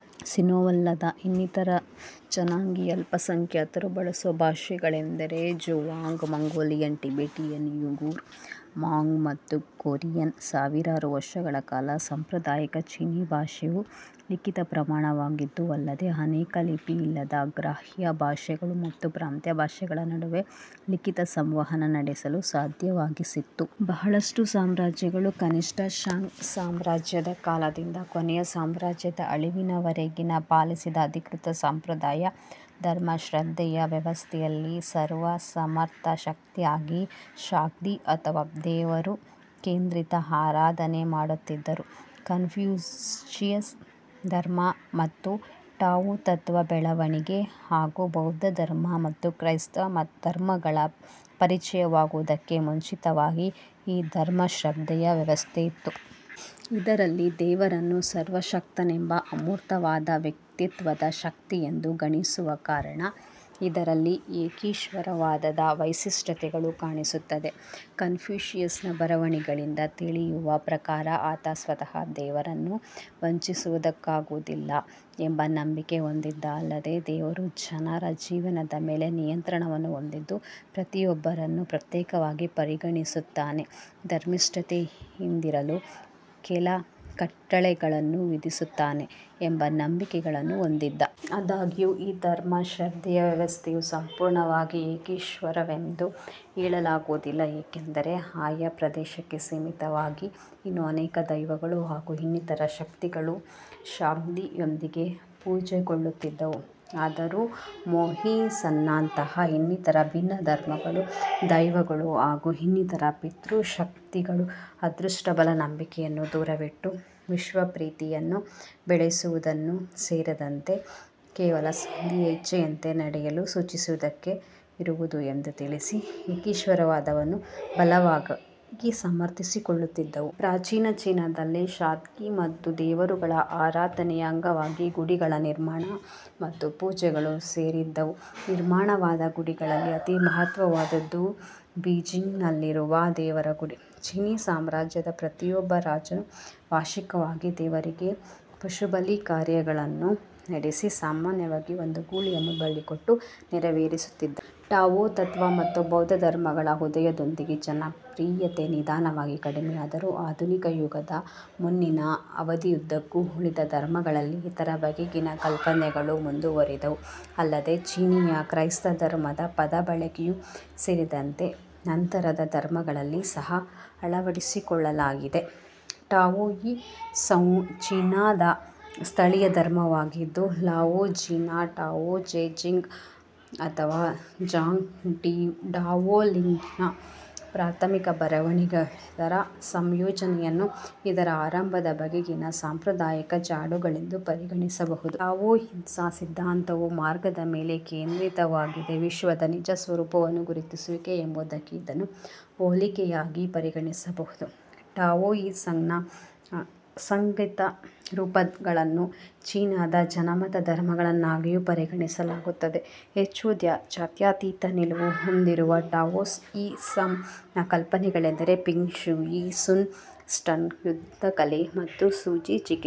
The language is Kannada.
ಸಿನೋವಲ್ಲದ ಇನ್ನಿತರ ಜನಾಂಗೀಯ ಅಲ್ಪಸಂಖ್ಯಾತರು ಬಳಸುವ ಭಾಷೆಗಳೆಂದರೆ Zhuang, Mongolian, Tibetan, Uyghur, Hmong ಮತ್ತು ಕೊರಿಯನ್. ಸಾವಿರಾರು ವರ್ಷಗಳ ಕಾಲ ಸಾಂಪ್ರದಾಯಿಕ ಚೀನೀ ಭಾಷೆಯು ಲಿಖಿತ ಪ್ರಮಾಣವಾಗಿದ್ದಿತು, ಅಲ್ಲದೇ ಅನೇಕ ಲಿಪಿಯಿಲ್ಲದ, ಅಗ್ರಾಹ್ಯ ಭಾಷೆಗಳು ಮತ್ತು ಪ್ರಾಂತ್ಯ ಭಾಷೆಗಳ ನಡುವೆ ಲಿಖಿತ ಸಂವಹನ ನಡೆಸಲು ಸಾಧ್ಯವಾಗಿಸಿತ್ತು. ಬಹಳಷ್ಟು ಸಾಮ್ರಾಜ್ಯಗಳು ಕನಿಷ್ಟ ಷಾಂಗ್ ಸಾಮ್ರಾಜ್ಯ ದ ಕಾಲದಿಂದ ಕೊನೆಯ ಸಾಮ್ರಾಜ್ಯದ ಅಳಿವಿನವರೆಗಿನ ಪಾಲಿಸಿದ "ಅಧಿಕೃತ" ಸಂಪ್ರದಾಯ ಧರ್ಮಶ್ರದ್ಧೆಯ ವ್ಯವಸ್ಥೆಯಲ್ಲಿ ಸರ್ವಸಮರ್ಥ ಶಕ್ತಿ ಯಾಗಿ ಷಾಂಗ್ದಿ ಅಥವಾ " ದೇವರು " ಕೇಂದ್ರಿತ ಆರಾಧನೆ ಮಾಡುತ್ತಿದ್ದರು. ಕನ್ಫ್ಯೂಷಿಯನ್ ಧರ್ಮ ಮತ್ತು ಟಾವೋ ತತ್ವ ಬೆಳವಣಿಗೆ ಹಾಗೂ ಬೌದ್ಧ ಧರ್ಮ ಮತ್ತು ಕ್ರೈಸ್ತ ಧರ್ಮಗಳ ಪರಿಚಯವಾಗುವುದಕ್ಕೆ ಮುಂಚಿತವಾಗಿ ಈ ಧರ್ಮಶ್ರದ್ಧೆಯ ವ್ಯವಸ್ಥೆಯಿತ್ತು.. ಇದರಲ್ಲಿ ದೇವರನ್ನು ಸರ್ವಶಕ್ತನೆಂಬ ಅಮೂರ್ತವಾದ ವ್ಯಕ್ತಿತ್ವದ ಶಕ್ತಿಯೆಂದು ಗಣಿಸುವ ಕಾರಣ ಇದರಲ್ಲಿ ಏಕೀಶ್ವರವಾದದ ವೈಶಿಷ್ಟ್ಯತೆಗಳು ಕಾಣಿಸುತ್ತದೆ. ಕನ್ಫ್ಯೂಷಿಯಸ್ನ ಬರವಣಿಗೆಗಳಿಂದ ತಿಳಿಯುವ ಪ್ರಕಾರ, ಆತ ಸ್ವತಃ ದೇವರನ್ನು ವಂಚಿಸುವುದಕ್ಕಾಗುವುದಿಲ್ಲ ಎಂದು ನಂಬಿಕೆ ಹೊಂದಿದ್ದ, ಅಲ್ಲದೇ ದೇವರು ಜನರ ಜೀವನದ ಮೇಲೆ ನಿಯಂತ್ರಣವನ್ನು ಹೊಂದಿದ್ದು, ಪ್ರತಿಯೊಬ್ಬರನ್ನು ಪ್ರತ್ಯೇಕವಾಗಿ ಪರಿಗಣಿಸುತ್ತಾನೆ, ಧರ್ಮಿಷ್ಠತೆ ಯಿಂದಿರಲು ಕೆಲ ಕಟ್ಟಳೆಗಳನ್ನು ವಿಧಿಸುತ್ತಾನೆ ಎಂಬ ನಂಬಿಕೆಗಳನ್ನು ಹೊಂದಿದ್ದ. ಆದಾಗ್ಯೂ ಈ ಧರ್ಮಶ್ರದ್ಧೆಯ ವ್ಯವಸ್ಥೆಯು ಸಂಪೂರ್ಣವಾಗಿ ಏಕೀಶ್ವರವೆಂದು ಹೇಳಲಾಗುವುದಿಲ್ಲ, ಏಕೆಂದರೆ ಆಯಾ ಪ್ರದೇಶಕ್ಕೆ ಸೀಮಿತವಾಗಿ ಇನ್ನೂ ಅನೇಕ ದೈವಗಳು ಹಾಗೂ ಇನ್ನಿತರ ಶಕ್ತಿಗಳು ಷಾಂಗ್ದಿ ಯೊಂದಿಗೆ ಪೂಜೆಗೊಳ್ಳುತ್ತಿದ್ದವು. ಆದರೂ ಮೋಹಿಸಂನಂತಹಾ ಇನ್ನಿತರ ಭಿನ್ನ ಧರ್ಮಗಳು, ದೈವಗಳು ಹಾಗೂ ಇನ್ನಿತರ ಪಿತೃ ಶಕ್ತಿಗಳು ಅದೃಷ್ಟಬಲ ನಂಬಿಕೆ ಯನ್ನು ದೂರವಿಟ್ಟು, "ವಿಶ್ವ ಪ್ರೀತಿ"ಯನ್ನು ಬೆಳೆಸಿಕೊಳ್ಳುವುದೂ ಸೇರಿದಂತೆ ಕೇವಲ ಷಾಂಗ್ದಿ ಯ ಇಚ್ಛೆಯಂತೆ ನಡೆಯಲು ಸೂಚಿಸುವುದಕ್ಕೆ ಇರುವುದು ಎಂದು ತಿಳಿಸಿ ಏಕೀಶ್ವರವಾದವನ್ನು ಬಲವಾಗಿ ಸಮರ್ಥಿಸಿಕೊಳ್ಳುತ್ತಿದ್ದವು. ಪ್ರಾಚೀನ ಚೀನಾದಲ್ಲಿ ಷಾಂಗ್ದಿ ಮತ್ತು ದೇವರುಗಳ ಆರಾಧನೆಯ ಅಂಗವಾಗಿ ಗುಡಿಗಳ ನಿರ್ಮಾಣ ಮತ್ತು ಪೂಜೆಗಳು ಸೇರಿದ್ದವು. ನಿರ್ಮಾಣವಾದ ಗುಡಿಗಳಲ್ಲಿ ಅತಿ ಮಹತ್ವವಾದದ್ದು ಬೀಜಿಂಗ್ನಲ್ಲಿರುವ ದೇವರ ಗುಡಿ. ಚೀನೀ ಸಾಮ್ರಾಜ್ಯದ ಪ್ರತಿಯೊಬ್ಬ ರಾಜನೂ ವಾರ್ಷಿಕವಾಗಿ ದೇವರಿಗೆ ಪಶುಬಲಿ ಕಾರ್ಯ ಗಳನ್ನು ನಡೆಸಿ ಸಾಮಾನ್ಯವಾಗಿ ಒಂದು ಗೂಳಿಯನ್ನು ಬಲಿಕೊಟ್ಟು ನೆರವೇರಿಸುತ್ತಿದ್ದನು. ಟಾವೋ ತತ್ವ ಮತ್ತು ಬೌದ್ಧ ಧರ್ಮಗಳ ಉದಯದೊಂದಿಗೆ ಜನಪ್ರಿಯತೆ ನಿಧಾನವಾಗಿ ಕಡಿಮೆಯಾದರೂ, ಆಧುನಿಕಯುಗದ ಮುನ್ನಿನ ಅವಧಿಯುದ್ದಕ್ಕೂ ಉಳಿದ ಧರ್ಮಗಳಲ್ಲಿ ಇದರ ಬಗೆಗಿನ ಕಲ್ಪನೆಗಳು ಮುಂದುವರೆದವು, ಅಲ್ಲದೇ ಚೀನೀಯ ಕ್ರೈಸ್ತಧರ್ಮದ ಪದಬಳಕೆಯೂ ಸೇರಿದಂತೆ ನಂತರದ ಧರ್ಮಗಳಲ್ಲಿ ಸಹಾ ಅಳವಡಿಸಿಕೊಳ್ಳಲಾಗಿದೆ. ಟಾವೋಯಿಸಂವು ಚೀನಾದ ಸ್ಥಳೀಯ ಧರ್ಮವಾಗಿದ್ದು, ಲಾವೋ ಝಿನ ಟಾವೋ ಟೆ ಚಿಂಗ್ ಅಥವಾ ಝಾಂಗ್ ಡಾವೋಲಿಂಗ್ನ ಪ್ರಾಥಮಿಕ ಬರವಣಿಗೆಗಳೆಲ್ಲದರ ಸಂಯೋಜನೆಯನ್ನು ಇದರ ಆರಂಭದ ಬಗೆಗಿನ ಸಾಂಪ್ರದಾಯಿಕ ಜಾಡುಗಳೆಂದು ಪರಿಗಣಿಸಬಹುದು. ಟಾವೋಯಿಸಂನ ಸಿದ್ಧಾಂತವು " ಮಾರ್ಗ "ದ ಮೇಲೆ ಕೇಂದ್ರಿತವಾಗಿದೆ; ವಿಶ್ವದ ನಿಜ ಸ್ವರೂಪವನ್ನು ಗುರುತಿಸುವಿಕೆ ಎಂಬುದಕ್ಕೆ ಇದನ್ನು ಹೋಲಿಕೆಯಾಗಿ ಪರಿಗಣಿಸಬಹುದು. ಟಾವೋಯಿಸಂನ ಅಸಂಘಟಿತ ರೂಪಗಳನ್ನು ಚೀನಾದ ಜನಪದ ಧರ್ಮಗಳನ್ನಾಗಿಯೂ ಪರಿಗಣಿಸಲಾಗುತ್ತದೆ. ಹೆಚ್ಚು ಜಾತ್ಯಾತೀತ ನಿಲುವು ಹೊಂದಿರುವ ಟಾವೋಯಿಸಂನ ಕಲ್ಪನೆಗಳೆಂದರೆ ಫೆಂಗ್ ಶೂಯಿ, ಸುನ್ ಟ್ಸುನ ಯುದ್ಧಕಲೆ, ಮತ್ತು ಸೂಜಿ ಚಿಕಿತ್ಸೆ.